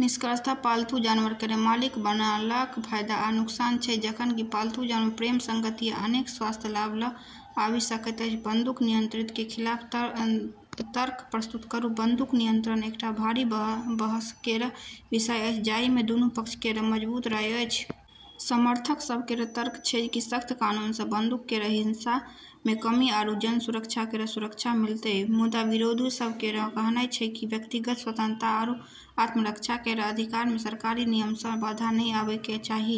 निष्कर्षतः पालतू जानवर केर मालिक बनलाक फायदा आ नुकसान छै। जखन कि पालतू जानवर प्रेम, संगति, आ अनेक स्वास्थ्य लाभ ल' कऽ आबि सकैत अछि। बंदूक नियंत्रण केर खिलाफ तर्क प्रस्तुत करू। बंदूक नियंत्रण एकटा भारी बहस केर विषय अछि जाहिमे दुनू पक्ष केर मजबूत राय अछि। समर्थक सभ केर तर्क छै जे सख्त कानूनसँ बंदूक केर हिंसामे कमी आरू जन सुरक्षा केर सुरक्षा मिलतैक, मुदा विरोधी सभ केर कहनाय छै जे व्यक्तिगत स्वतंत्रता आरू आत्मरक्षा केर अधिकारमे सरकारी नियमनसँ बाधा नहि आबै के चाही।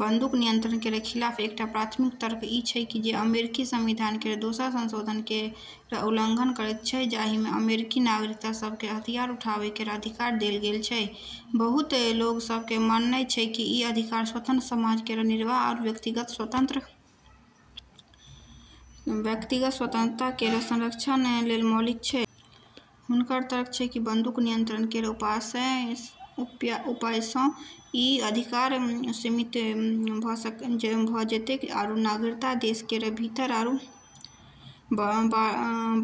बंदूक नियंत्रण केर खिलाफ एकटा प्राथमिक तर्क ई छै जे ई अमेरिकी संविधान केर दोसर संशोधन केर उल्लंघन करैत छै, जाहिमे अमेरिकी नागरिक सभकेँ हथियार उठाबै केर अधिकार देल गेल छै। बहुत लोग सभ केर माननाय छै जे ई अधिकार स्वतंत्र समाज केर निर्वाह आरू व्यक्तिगत स्वतंत्रता केर संरक्षण लेल मौलिक छै। हुनकर तर्क छै जे बंदूक नियंत्रण केर उपायसँ ई अधिकार सीमित भऽ जेतैक आरू नागरिक देश केर भीतर आरू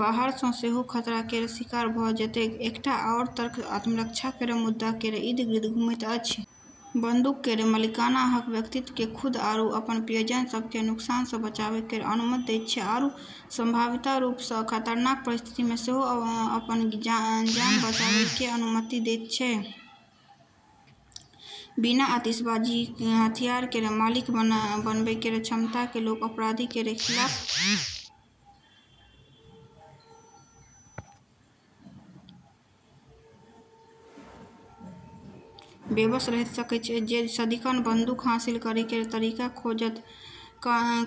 बाहरसँ सेहो खतरा केर शिकार भऽ जेतैक। एकटा आओर तर्क आत्मरक्षा केर मुद्दा केर इर्द-गिर्द घूमैत अछि। बंदूक केर मालिकाना हक व्यक्तिमे खुद आरू अपन प्रियजन सभकेँ नुकसानसँ बचाबै केर अनुमति दैत छै आरू संभावित रूपसँ खतरनाक परिस्थितिमे सेहो अपन जान बचाबै केर अनुमति दैत छै। बिना आतिशबाजी (हथियार) केर मालिक बनै केर क्षमता केर लोक अपराधी केर खिलाफ बेबस रहि सकैत अछि जे सदिखन बंदूक हासिल करै केर तरीका खोजत,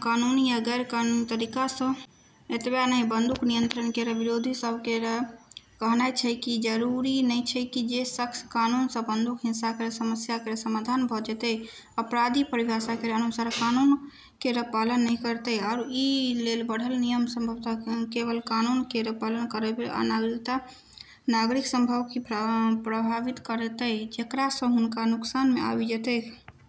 कानूनी या गैर-कानूनी तरीकासँ। एतबे नहि, बंदूक नियंत्रण केर विरोधी सभ केर कहनाय छै जे जरूरी नहि छै जे सख्त कानूनसँ बंदूक हिंसा केर समस्या केर समाधान भऽ जेतैक। अपराधी, परिभाषा केर अनुसार, कानून केर पालन नहि करैत छै, आरू ई लेल बढ़ल नियम संभवतः केवल कानून केर पालन करैबला नागरिक सभकेँ ही प्रभावित करतैक, जेकरासँ हुनका नुकसानमे आबि जेतैक।